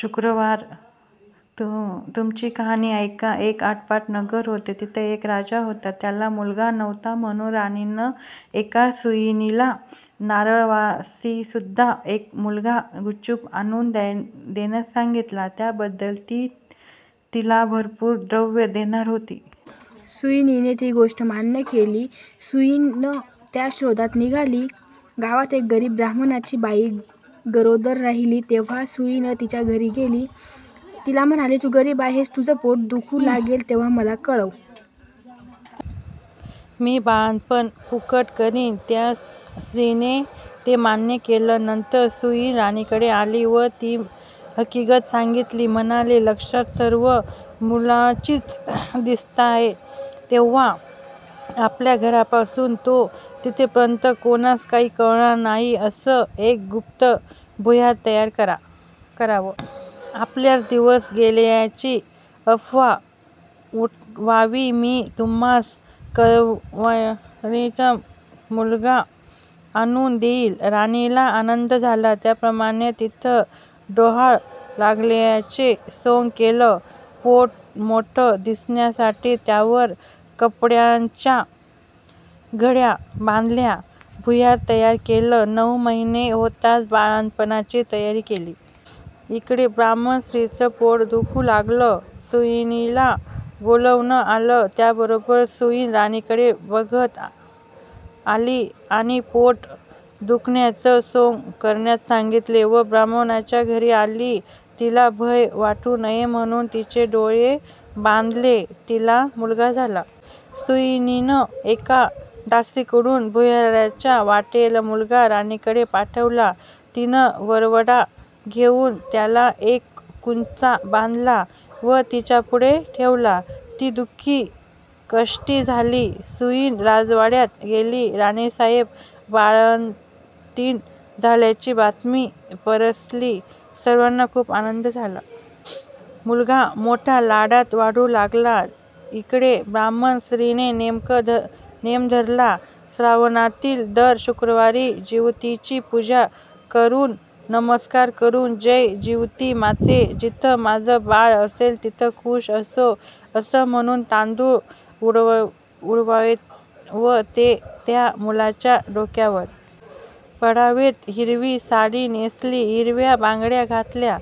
शुक्रवारा, तुमची कहाणी ऐका. एक आटपाट नगर होतं. तिथं एक राजा होता. त्याला मुलगा नव्हता म्हणून राणीनं एका सुईणीला नाळवारीसुद्धा एक मुलगा गुपचूप आणून देण्यास सांगितले. त्याबद्दल ती तिला भरपूर द्रव्य देणार होती. सुईणीने ती गोष्ट मान्य केली. सुईण त्या शोधात निघाली. गावात एक गरीब ब्राह्मणाची बाई गरोदर राहिली. तेव्हा सुईण तिच्या घरी गेली. तिला म्हणाली, तू गरीब आहेस. तुझं पोट दुखू लागेल, तेव्हा मला कळव. मी बाळंतपण फुकट करीन. त्या स्त्रीने ते मान्य केलं. नंतर सुईण राणीकडे आली व ती हकीगत सांगितली. म्हणाली, लक्षणं सर्व मुलाचीच दिसताहेत. तेव्हा आपल्या घरापासून तो तिथपर्यंत कोणास काही कळणार नाही, असं एक गुप्त भुयार तयार करावं. आपल्यास दिवस गेल्याची अफवा उठवावी. मी तुम्हास नळवारीचा मुलगा आणून देईन. राणीला आनंद झाला. त्याप्रमाणं तिनं डोहाळं लागल्याचे सोंग केलं. पोट मोठं दिसण्यासाठी त्यावर कापडाच्या घड्या बांधल्या. भुयार तयार केलं. नऊ महिने होताच बाळंतपणाची तयारी केली. इकडे ब्राह्मण स्त्रीचं पोट दुखू लागलं. सुईणीला बोलावणं आलं. त्याबरोबर सुईण राणीकडे बघत आली आणि पोट दुखण्याचं सोंग करण्यास सांगितलं व ब्राह्मणाच्या घरी आली. तिला भय वाटू नये म्हणून तिचे डोळे बांधले. तिला मुलगा झाला. सुईणीनं एका दासीकडून भुयाराच्या वाटेनं मुलगा राणीकडे पाठवला. तिनं वरंवटा घेऊन त्याला एक कुंचा बांधला व तिच्यापुढे ठेवला. ती दु:खी-कष्टी झाली. सुईण राजवाड्यात गेली. राणीसाहेब बाळंतीण झाल्याची बातमी पसरली. सर्वांना खूप आनंद झाला. मुलगा मोठ्या लाडात वाढू लागला. इकडे ब्राह्मण स्त्रीने नेम धरला. श्रावणातील दर शुक्रवारी जिवतीची पूजा करून नमस्कार करून, जय जिवती माते, जिथं माझं बाळ असेल, तिथ खुशाल असो, असं म्हणून तांदूळ उडवावेत व ते ह्या मुलाच्या डोक्यावर. पडावेत. हिरवी साडी नेसणं, हिरव्या बांगड्या घालणं,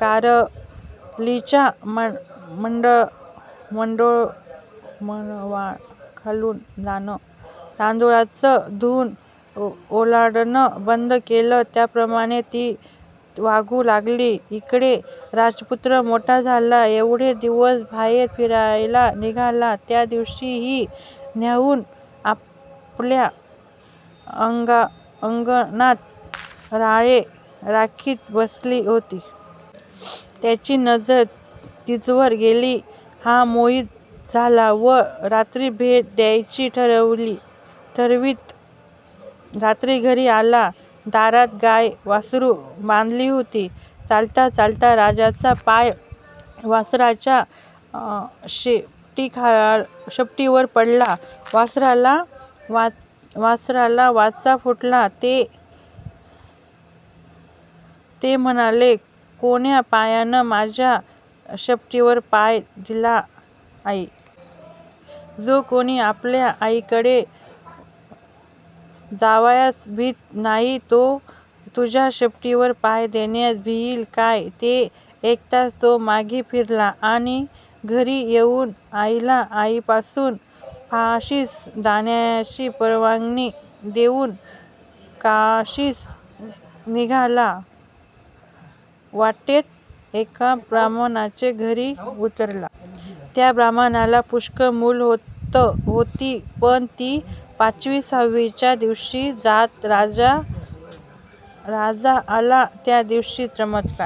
कारलीच्या मांडवाखालून जाणं, तांदळाचं धुणं ओलांडणं बंद केलं. याप्रमाणे ती वागू लागली. इकडे राजपुत्र मोठा झाला. एके दिवशी बाहेर फिरायला निघाला. त्या दिवशी ही न्हाऊन आपल्या अंगणात राळे राखीत बसली होती. याची नजर तिजवर गेली. हा मोहित झाला व रात्री भेट घ्यायची ठरविलं. रात्री घरी आला. दारात गाय-वासरू बांधली होती. चालता-चालता राजाचा पाय वासराच्या शेपटीवर पडला. वासराला वाचा फुटली. ते म्हणाले, कोण्या पाप्यानं माझ्या शेपटीवर पाय दिला आई? जो कोणी आपल्या आईकडे जावयास भीत नाही, तो तुझ्या शेपटीवर पाय देण्यास भिईल काय? हे ऐकताच तो मागे फिरला आणि घरी येऊन आपल्या आईपासून काशीस जाण्याची परवानगी घेऊन काशीस निघाला. वाटेत एका ब्राह्मणाचे घरी उतरला. त्या ब्राह्मणाला पुष्कळ मुलं होत होती पण ती पाचवी-सहावीच्या दिवशी जात. राजा आला, त्या दिवशी चमत्कार